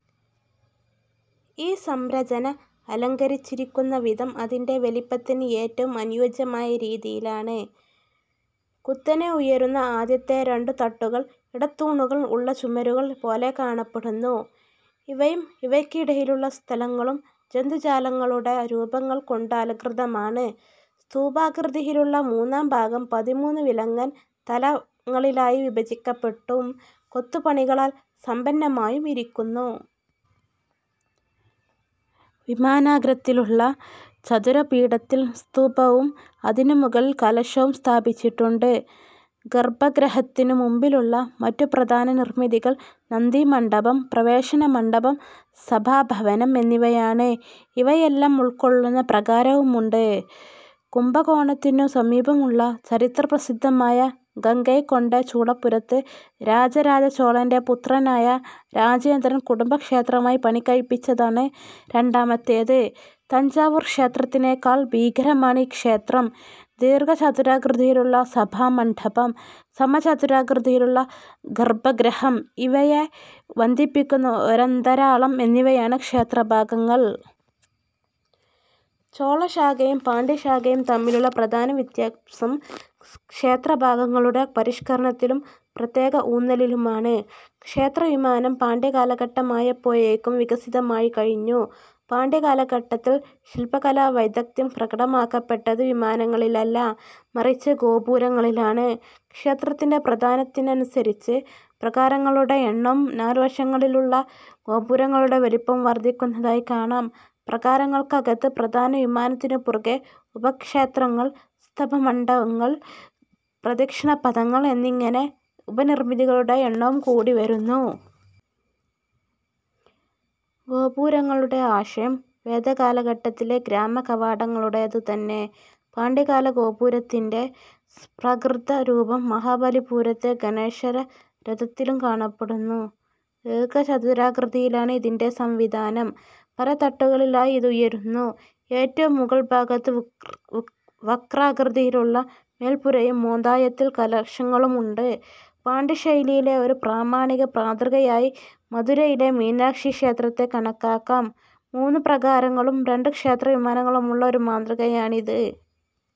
ഈ സംരചന അലങ്കരിച്ചിരിക്കുന്ന വിധം അതിന്റെ വലിപ്പത്തിന് ഏറ്റവും അനുയോജ്യമായ രീതിയിലാണ്. കുത്തനെ ഉയരുന്ന ആദ്യത്തെ രണ്ടു തട്ടുകൾ ഇടത്തൂണുകൾ ഉള്ള ചുമരുകൾ പോലെ കാണപ്പെടുന്നു. ഇവയും ഇവയ്ക്കിടയിലുള്ള സ്ഥലങ്ങളും ജന്തുജാലങ്ങളുടെ രൂപങ്ങൾകൊണ്ടലംകൃതമാണ്. സ്തൂപികാകൃതിയിലുള്ള മുന്നാം ഭാഗം പതിമൂന്നു വിലങ്ങൻ തലങ്ങളിലായിവിഭജിക്കപ്പെട്ടും കൊത്തുപണികളാൽ സമ്പന്നമായും ഇരിക്കുന്നു. വിമാനാഗ്രത്തിലുള്ള ചതുര പീഠത്തിൽ സ്തൂപവും അതിനുമുകളിൽ കലശവും സ്ഥാപിച്ചിട്ടുണ്ട്. ഗർഭഗൃഹത്തിനു മുമ്പിലുള്ള മറ്റുപ്രധാന നിർമിതികൾ നന്ദിമണ്ഡപം, പ്രവേശനമണ്ഡപം, സഭാഭവനം എന്നിവയാണ്; ഇവയെല്ലാം ഉൾക്കൊള്ളുന്ന പ്രാകാരവുമുണ്ട്. കുംഭകോണത്തിനു സമീപമുള്ള ചരിത്രപ്രസിദ്ധമായ ഗംഗൈകൊണ്ടചോളപുരത്ത് രാജരജചോളന്റെ പുത്രനായ രാജേന്ദ്രൻ കുടുംബക്ഷേത്രമായി പണികഴിപ്പിച്ചതാണ് രണ്ടാമത്തേത്. തഞ്ചാവൂർക്ഷേത്രത്തിനെക്കാൾ ഭീമാകരമാണ് ഈ ക്ഷേത്രം. ദീർഘചതുരാകൃതിയിലുള്ള സഭാമണ്ഡപം, സമചതുരാകൃതിയിലുള്ള ഗർഭഗൃഹം ഇവയെ ബന്ധിപ്പിക്കുന്ന ഒരന്തരാളം എന്നിവയാണ് ക്ഷേത്രഭാഗങ്ങൾ. ചോളശാഖയും പാണ്ഡ്യശാഖയും തമ്മിലുള്ള പ്രധാന വ്യത്യാസം ക്ഷേത്രഭാഗങ്ങളുടെ പരിഷ്കരണത്തിലും പ്രത്യേക ഊന്നലിലുമാണ്. ക്ഷേത്രവിമാനം പാണ്ഡ്യ കാലഘട്ടമായപ്പോഴേക്കും വികസിതമായിക്കഴിഞ്ഞു. പാണ്ഡ്യകാലഘട്ടത്തിൽ ശില്പകലാവൈദഗ്ദ്ധ്യം പ്രകടമാക്കപ്പെട്ടത് വിമാനങ്ങളിലല്ല മറിച്ച് ഗോപുരങ്ങളിലാണ്. ക്ഷേത്രത്തിന്റെ പ്രാധാന്യത്തിനനുസരിച്ച് പ്രാകാരങ്ങളുടെ എണ്ണവും നാലുവശങ്ങളിലുമുള്ള ഗോപുരങ്ങളുടെ വലിപ്പവും വർദ്ധിക്കുന്നതായി കാണാം. പ്രാകാരങ്ങൾക്കകത്ത് പ്രധാന വിമാനത്തിനു പുറമെ ഉപക്ഷേത്രങ്ങൾ, സ്തംഭമണ്ഡപങ്ങൾ, പ്രദക്ഷിണപഥങ്ങൾ എന്നിങ്ങനെ ഉപനിർമിതികളുടെ എണ്ണവും കൂടിവരുന്നു. ഗോപുരങ്ങളുടെ ആശയം വേദകാലഘട്ടത്തിലെ ഗ്രാമ കവാടങ്ങളുടേതുതന്നെ. പാണ്ഡ്യകാല ഗോപുരത്തിന്റെ പ്രാകൃതരൂപം മഹാബലിപുരത്തെ ഗണേശരഥത്തിലും കാണപ്പെടുന്നു. ദീർഘചതുരാകൃതിയിലാണ് ഇതിന്റെ സംവിധാനം; പലതട്ടുകളിലായി ഇത് ഉയരുന്നു; ഏറ്റവും മുകൾഭാഗത്ത് വക്രാകൃതിയിലുള്ള മേല്പുരയും മോന്തായത്തിൽ കലശങ്ങളും ഉണ്ട്. പാണ്ഡ്യശൈലിയിലെ ഒരു പ്രാമാണിക മാതൃകയായി മധുരയിലെ മീനാക്ഷീക്ഷേത്രത്തെ കണക്കാക്കാം. മൂന്ന് പ്രാകാരങ്ങളും രണ്ട് ക്ഷേത്രവിമാനങ്ങളുമുള്ള ഒരു മാതൃകയാണിത്.